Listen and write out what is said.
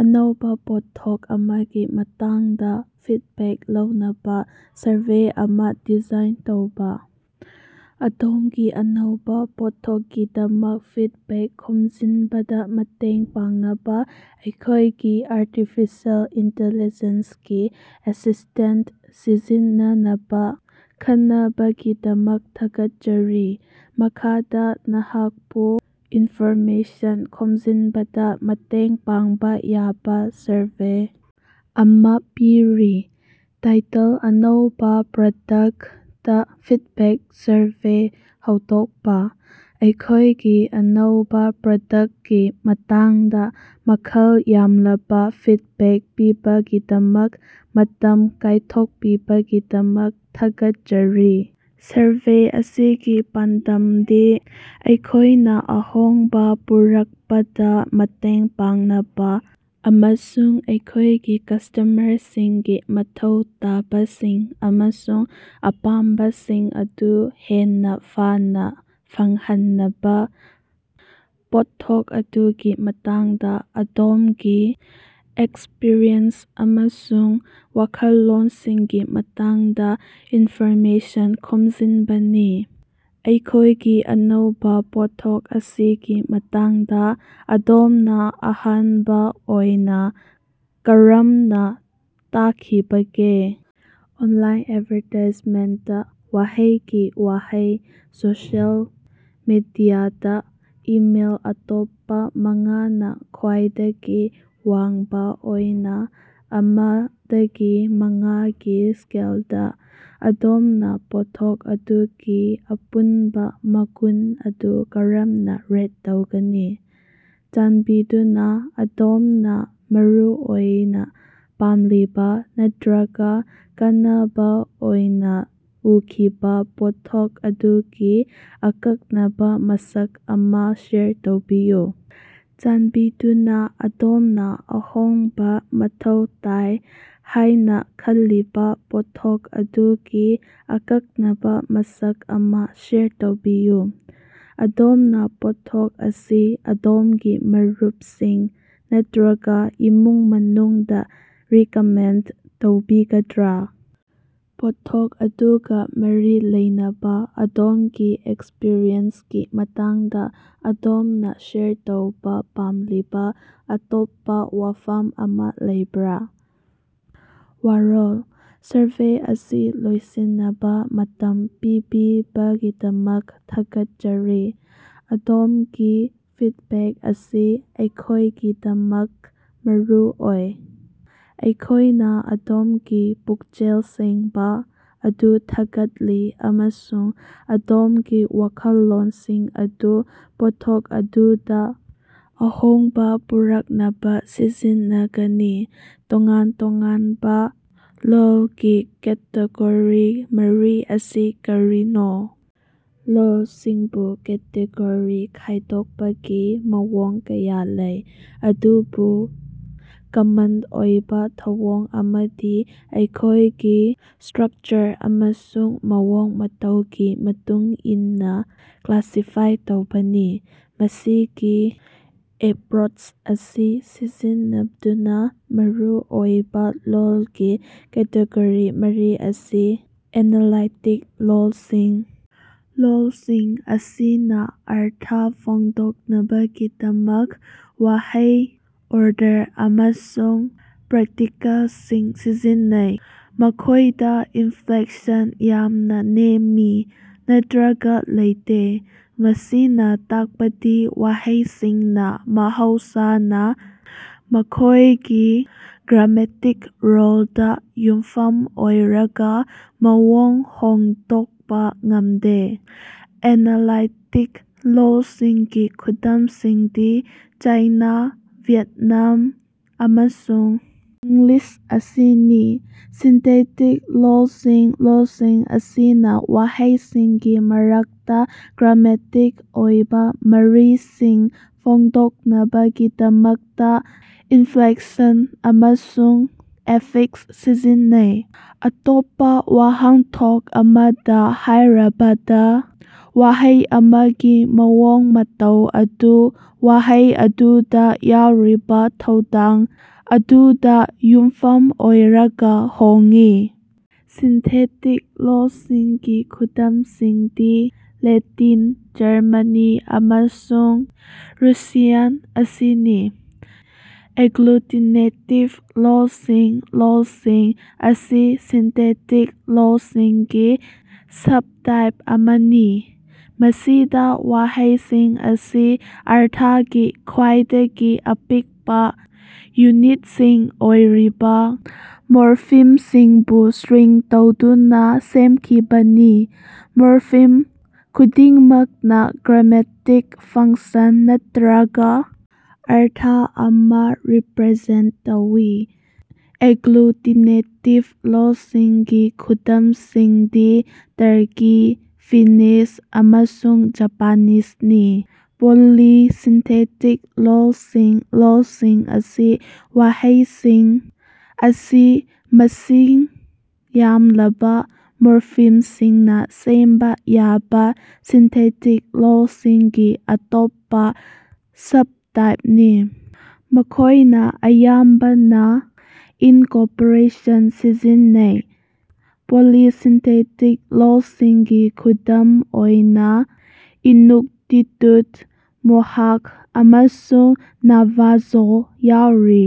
ꯑꯅꯧꯕ ꯄꯣꯠꯊꯣꯛ ꯑꯃꯒꯤ ꯃꯇꯥꯡꯗ ꯐꯤꯗꯕꯦꯛ ꯂꯧꯅꯕ ꯁꯔꯚꯦ ꯑꯃ ꯗꯤꯖꯥꯏꯟ ꯇꯧꯕ꯫ ꯑꯗꯣꯝꯒꯤ ꯑꯅꯧꯕ ꯄꯣꯠꯊꯣꯛꯀꯤꯗꯃꯛ ꯐꯤꯗꯕꯦꯛ ꯈꯣꯝꯖꯤꯟꯕꯗ ꯃꯇꯦꯡ ꯄꯥꯡꯅꯕ ꯑꯩꯈꯣꯏꯒꯤ ꯑꯥꯔꯇꯤꯐꯤꯁꯤꯑꯦꯜ ꯏꯟꯇꯤꯂꯤꯖꯦꯟꯁ ꯀꯤ ꯑꯦꯁꯤꯁꯇꯦꯟꯇ ꯁꯤꯖꯤꯟꯅꯅꯕ ꯈꯟꯅꯕꯒꯤꯗꯃꯛ ꯊꯥꯒꯠꯆꯔꯤ꯫ ꯃꯈꯥꯗ ꯅꯍꯥꯛꯄꯨ ꯏꯟꯐꯣꯔꯃꯦꯁꯟ ꯈꯣꯝꯖꯤꯟꯕꯗ ꯃꯇꯦꯡ ꯄꯥꯡꯕ ꯌꯥꯕ ꯁꯔꯚꯦ ꯑꯃ ꯄꯤꯔꯤ, ꯇꯥꯏꯇꯜ - ꯑꯅꯧꯕꯥ ꯄ꯭ꯔꯗꯛꯇ ꯐꯤꯗꯕꯦꯛ ꯁꯔꯚꯦ ꯍꯧꯗꯣꯛꯄ - ꯑꯩꯈꯣꯏꯒꯤ ꯑꯅꯧꯕꯥ ꯄ꯭ꯔꯗꯛꯇꯀꯤ ꯃꯇꯥꯡꯗ ꯃꯃꯜ ꯌꯥꯝꯂꯕ ꯐꯤꯗꯕꯦꯛ ꯄꯤꯕꯒꯤꯗꯃꯛ ꯃꯇꯝ ꯀꯥꯏꯊꯣꯛꯄꯤꯕꯒꯤꯗꯃꯛ ꯊꯥꯒꯠꯆꯔꯤ꯫ ꯁꯔꯚꯦ ꯑꯁꯤꯒꯤ ꯄꯥꯟꯗꯝꯗꯤ ꯑꯩꯈꯣꯏꯅ ꯑꯍꯣꯡꯕ ꯄꯨꯔꯛꯄꯗ ꯃꯇꯦꯡ ꯄꯥꯡꯅꯕ ꯑꯃꯁꯨꯡ ꯑꯩꯈꯣꯏꯒꯤ ꯀꯁ꯭ꯇꯃꯔꯁꯤꯡꯒꯤ ꯃꯊꯧ ꯇꯥꯕꯁꯤꯡ ꯑꯃꯁꯨꯡ ꯑꯄꯥꯝꯕꯁꯤꯡ ꯑꯗꯨ ꯍꯦꯟꯅ ꯐꯅꯥ ꯐꯪꯍꯟꯅꯕ ꯄꯣꯠꯊꯣꯛ ꯑꯗꯨꯒꯤ ꯃꯇꯥꯡꯗ ꯑꯗꯣꯝꯒꯤ ꯑꯦꯛꯁꯄ꯭ꯔꯤꯌꯦꯟꯁ ꯑꯃꯁꯨꯡ ꯋꯥꯈꯜꯂꯣꯟꯁꯤꯡꯒꯤ ꯃꯇꯥꯡꯗ ꯏꯟꯐꯣꯔꯃꯦꯁꯟ ꯈꯣꯝꯖꯤꯟꯕꯅꯤ꯫ ꯑꯩꯈꯣꯏꯒꯤ ꯑꯅꯧꯕ ꯄꯣꯠꯊꯣꯛ ꯑꯁꯤꯒꯤ ꯃꯇꯥꯡꯗ ꯑꯗꯣꯝꯅ ꯑꯍꯥꯟꯕ ꯑꯣꯏꯅ ꯀꯔꯝꯅ ꯇꯥꯛꯈꯤꯕꯒꯦ? ꯑꯣꯟꯂꯥꯏꯟ ꯑꯦꯗꯚꯥꯔꯇꯥꯏꯖꯃꯦꯟꯇ ꯋꯥꯍꯩꯒꯤ ꯋꯥꯍꯩ ꯁꯣꯁꯤꯌꯦꯜ ꯃꯤꯗꯤꯌꯥꯗ ꯏꯃꯦꯜ ꯑꯇꯣꯞꯄ ꯃꯉꯥꯅ ꯈ꯭ꯋꯥꯏꯗꯒꯤ ꯋꯥꯡꯕ ꯑꯣꯏꯅ ꯑꯃ ꯗꯒꯤ ꯃꯉꯥꯒꯤ ꯁ꯭ꯀꯦꯜꯗ, ꯑꯗꯣꯝꯅ ꯄꯣꯠꯊꯣꯛ ꯑꯗꯨꯒꯤ ꯑꯄꯨꯟꯕ ꯃꯒꯨꯟ ꯑꯗꯨ ꯀꯔꯝꯅ ꯔꯦꯠ ꯇꯧꯒꯅꯤ? ꯆꯥꯟꯕꯤꯗꯨꯅ ꯑꯗꯣꯝꯅ ꯃꯔꯨꯑꯣꯏꯅ ꯄꯥꯝꯂꯤꯕ ꯅꯠꯇꯔꯒ ꯀꯥꯟꯅꯕ ꯑꯣꯏꯅ ꯎꯈꯤꯕ ꯄꯣꯠꯊꯣꯛ ꯑꯗꯨꯒꯤ ꯑꯀꯛꯅꯕ ꯃꯁꯛ ꯑꯃ ꯁꯦꯌꯔ ꯇꯧꯕꯤꯌꯨ ꯫ꯆꯥꯟꯕꯤꯗꯨꯅ ꯑꯗꯣꯝꯅ ꯑꯍꯣꯡꯕ ꯃꯊꯧ ꯇꯥꯏ ꯍꯥꯏꯅ ꯈꯜꯂꯤꯕ ꯄꯣꯠꯊꯣꯛ ꯑꯗꯨꯒꯤ ꯑꯀꯛꯅꯕꯥ ꯃꯁꯛ ꯑꯃ ꯁꯦꯌꯔ ꯇꯧꯕꯤꯌꯨ꯫ ꯑꯗꯣꯝꯅ ꯄꯣꯠꯊꯣꯛ ꯑꯁꯤ ꯑꯗꯣꯝꯒꯤ ꯃꯔꯨꯞꯁꯤꯡ ꯅꯠꯇꯔꯒ ꯏꯃꯨꯡ ꯃꯅꯨꯡꯗ ꯔꯤꯀꯃꯦꯟꯗ ꯇꯧꯕꯤꯒꯗ꯭ꯔꯥ? ꯄꯣꯠꯊꯣꯛ ꯑꯗꯨꯒ ꯃꯔꯤ ꯂꯩꯅꯕꯥ ꯑꯗꯣꯝꯒꯤ ꯑꯦꯛꯁꯄ꯭ꯔꯤꯌꯦꯟꯁꯀꯤ ꯃꯇꯥꯡꯗ ꯑꯗꯣꯝꯅ ꯁꯦꯌꯔ ꯇꯧꯕ ꯄꯥꯝꯂꯤꯕ ꯑꯇꯣꯞꯄ ꯋꯥꯐꯝ ꯑꯃ ꯂꯩꯕꯔꯥ? ꯋꯥꯔꯣꯜ- ꯁꯔꯚꯦ ꯑꯁꯤ ꯂꯣꯏꯁꯤꯟꯅꯕ ꯃꯇꯝ ꯄꯤꯕꯤꯕꯒꯤꯗꯃꯛ ꯊꯥꯒꯠꯆꯔꯤ, ꯑꯗꯣꯝꯒꯤ ꯐꯤꯗꯕꯦꯛ ꯑꯁꯤ ꯑꯩꯈꯣꯏꯒꯤꯗꯃꯛ ꯃꯔꯨ ꯑꯣꯏ꯫ ꯑꯩꯈꯣꯏꯅ ꯑꯗꯣꯝꯒꯤ ꯄꯨꯛꯆꯦꯜ ꯁꯦꯡꯕ ꯑꯗꯨ ꯊꯥꯒꯠꯂꯤ ꯑꯃꯁꯨꯡ ꯑꯗꯣꯝꯒꯤ ꯋꯥꯈꯜꯂꯣꯟꯁꯤꯡ ꯑꯗꯨ ꯄꯣꯠꯊꯣꯛ ꯑꯗꯨꯗ ꯑꯍꯣꯡꯕ ꯄꯨꯔꯛꯅꯕ ꯁꯤꯖꯤꯟꯅꯒꯅꯤ꯫ ꯇꯣꯉꯥꯟ-ꯇꯣꯉꯥꯟꯕ ꯂꯣꯜꯒꯤ ꯀꯦꯇꯦꯒꯣꯔꯤ ꯃꯔꯤ ꯑꯁꯤ ꯀꯔꯤꯅꯣ? ꯂꯣꯜꯁꯤꯡꯕꯨ ꯀꯦꯇꯦꯒꯣꯔꯤ ꯈꯥꯏꯗꯣꯛꯄꯒꯤ ꯃꯑꯣꯡ ꯀꯌꯥ ꯂꯩ, ꯑꯗꯨꯕꯨ ꯀꯃꯟ ꯑꯣꯏꯕ ꯊꯧꯑꯣꯡ ꯑꯃꯗꯤ ꯃꯈꯣꯏꯒꯤ ꯁ꯭ꯇꯔꯛꯆꯔ ꯑꯃꯁꯨꯡ ꯃꯑꯣꯡ ꯃꯇꯧꯒꯤ ꯃꯇꯨꯡ ꯏꯟꯅ ꯀ꯭ꯂꯥꯁꯤꯐꯥꯏ ꯇꯧꯕꯅꯤ꯫ ꯃꯁꯤꯒꯤ ꯑꯦꯄ꯭ꯔꯣꯆ ꯑꯁꯤ ꯁꯤꯖꯤꯟꯅꯗꯨꯅ ꯃꯔꯨ ꯑꯣꯏꯕ ꯂꯣꯜꯒꯤ ꯀꯦꯇꯦꯒꯣꯔꯤ ꯃꯔꯤ ꯑꯁꯤ - ꯑꯦꯅꯥꯂꯥꯏꯇꯤꯛ ꯂꯣꯜꯁꯤꯡ -ꯂꯣꯜꯁꯤꯡ ꯑꯁꯤꯅ ꯑꯔꯊ ꯐꯣꯡꯗꯣꯛꯅꯕꯒꯤꯗꯃꯛ ꯋꯥꯍꯩ ꯑꯣꯔꯗꯔ ꯑꯃꯁꯨꯡ ꯄꯥꯔꯇꯤꯀꯜꯁꯤꯡ ꯁꯤꯖꯤꯟꯅꯩ꯫ ꯃꯈꯣꯏꯗ ꯏꯟꯐ꯭ꯂꯦꯛꯁꯟ ꯌꯥꯝꯅ ꯅꯦꯝꯃꯤ ꯅꯠꯇꯔꯒ ꯂꯩꯇꯦ, ꯃꯁꯤꯅ ꯇꯥꯛꯄꯗꯤ ꯋꯥꯍꯩꯁꯤꯡꯅ ꯃꯍꯧꯁꯥꯅ ꯃꯈꯣꯏꯒꯤ ꯒ꯭ꯔꯥꯃꯦꯇꯤꯛ ꯔꯣꯜꯗ ꯌꯨꯝꯐꯝ ꯑꯣꯏꯔꯒ ꯃꯑꯣꯡ ꯍꯣꯡꯗꯣꯛꯄ ꯉꯝꯗꯦ꯫ ꯑꯦꯅꯥꯂꯥꯏꯇꯤꯛ ꯂꯣꯜꯁꯤꯡꯒꯤ ꯈꯨꯗꯝꯁꯤꯡꯗꯤ ꯆꯥꯏꯅꯥ, ꯚꯤꯌꯦꯠꯅꯥꯝ ꯑꯃꯁꯨꯡ ꯏꯪꯂꯤꯁ ꯑꯁꯤꯅꯤ꯫ ꯁꯤꯟꯊꯦꯇꯤꯛ ꯂꯣꯜꯁꯤꯡ -ꯂꯣꯜꯁꯤꯡ ꯑꯁꯤꯅ ꯋꯥꯍꯩꯁꯤꯡꯒꯤ ꯃꯔꯛꯇ ꯒ꯭ꯔꯥꯃꯦꯇꯤꯛ ꯑꯣꯏꯕꯥ ꯃꯔꯤꯁꯤꯡ ꯐꯣꯡꯗꯣꯛꯅꯕꯒꯤꯗꯃꯛꯇ ꯏꯟꯐ꯭ꯂꯦꯛꯁꯟ ꯑꯃꯁꯨꯡ ꯑꯦꯐꯤꯛꯁ ꯁꯤꯖꯤꯟꯅꯩ꯫ ꯑꯇꯣꯞꯄꯥ ꯋꯥꯍꯟꯊꯣꯛ ꯑꯃꯗꯥ ꯍꯥꯏꯔꯕꯗꯥ, ꯋꯥꯍꯩ ꯑꯃꯒꯤ ꯃꯑꯣꯡ ꯃꯇꯧ ꯑꯗꯨ ꯋꯥꯍꯩ ꯑꯗꯨꯗꯥ ꯌꯥꯎꯔꯤꯕꯥ ꯊꯧꯗꯥꯡ ꯑꯗꯨꯗꯥ ꯌꯨꯝꯐꯝ ꯑꯣꯏꯔꯒꯥ ꯍꯣꯡꯉꯤ꯫ ꯁꯤꯟꯊꯦꯇꯤꯛ ꯂꯣꯜꯁꯤꯡꯒꯤ ꯈꯨꯗꯝꯁꯤꯡꯗꯤ ꯂꯦꯇꯤꯟ, ꯖꯔꯃꯅꯤ ꯑꯃꯁꯨꯡ ꯔꯨꯁꯤꯌꯥꯟ ꯑꯁꯤꯅꯤ꯫ ꯑꯦꯒ꯭ꯂꯨꯇꯤꯅꯦꯇꯤꯕ ꯂꯣꯜꯁꯤꯡ -ꯂꯣꯜꯁꯤꯡ ꯑꯁꯤ ꯁꯤꯟꯊꯦꯇꯤꯛ ꯂꯣꯜꯁꯤꯡꯒꯤ ꯁꯕꯇꯥꯏꯞ ꯑꯃꯅꯤ, ꯃꯁꯤꯗ ꯋꯥꯍꯩꯁꯤꯡ ꯑꯁꯤ ꯑꯔꯊꯒꯤ ꯈ꯭ꯋꯥꯏꯗꯒꯤ ꯑꯄꯤꯛꯄ ꯌꯨꯅꯤꯠꯁꯤꯡ ꯑꯣꯏꯔꯤꯕ ꯃꯣꯔꯐꯤꯝꯁꯤꯡꯕꯨ ꯁ꯭ꯇꯔꯤꯡ ꯇꯧꯗꯨꯅ ꯁꯦꯝꯈꯤꯕꯅꯤ꯫ ꯃꯣꯔꯐꯤꯝ ꯈꯨꯗꯤꯡꯃꯛꯅ ꯒ꯭ꯔꯥꯃꯦꯇꯤꯛ ꯐꯪꯁꯟ ꯅꯠꯇꯔꯒ ꯑꯔꯊ ꯑꯃ ꯔꯤꯄꯔꯖꯦꯟꯇ ꯇꯧꯏ꯫ ꯑꯦꯒ꯭ꯂꯨꯇꯤꯅꯦꯇꯤꯕ ꯂꯣꯜꯁꯤꯡꯒꯤ ꯈꯨꯗꯝꯁꯤꯡꯗꯤ ꯇꯨꯔꯀꯤ, ꯐꯤꯅꯤꯁ ꯑꯃꯁꯨꯡ ꯖꯄꯥꯅꯤꯖꯅꯤ꯫ ꯄꯣꯂꯤꯁꯤꯟꯊꯦꯇꯤꯛ ꯂꯣꯜꯁꯤꯡ - ꯂꯣꯜꯁꯤꯡ ꯑꯁꯤ ꯋꯥꯍꯩꯁꯤꯡ ꯑꯁꯤ ꯃꯁꯤꯡ ꯌꯥꯝꯂꯕꯥ ꯃꯣꯔꯐꯤꯝꯁꯤꯡꯅ ꯁꯦꯝꯕ ꯌꯥꯕ ꯁꯤꯟꯊꯦꯇꯤꯛ ꯂꯣꯜꯁꯤꯡꯒꯤ ꯑꯇꯣꯞꯄ ꯁꯕꯇꯥꯏꯞꯅꯤ꯫ ꯃꯈꯣꯏꯅ ꯑꯌꯥꯝꯕꯅ ꯏꯟꯀꯣꯔꯄꯣꯔꯦꯁꯟ ꯁꯤꯖꯤꯟꯅꯩ꯫ ꯄꯣꯂꯤꯁꯤꯟꯊꯦꯇꯤꯛ ꯂꯣꯜꯁꯤꯡꯒꯤ ꯈꯨꯗꯝ ꯑꯣꯏꯅ ꯏꯅꯨꯛꯇꯤꯇꯨꯠ, ꯃꯣꯍꯥꯛ ꯑꯃꯁꯨꯡ ꯅꯥꯚꯥꯖꯣ ꯌꯥꯎꯔꯤ꯫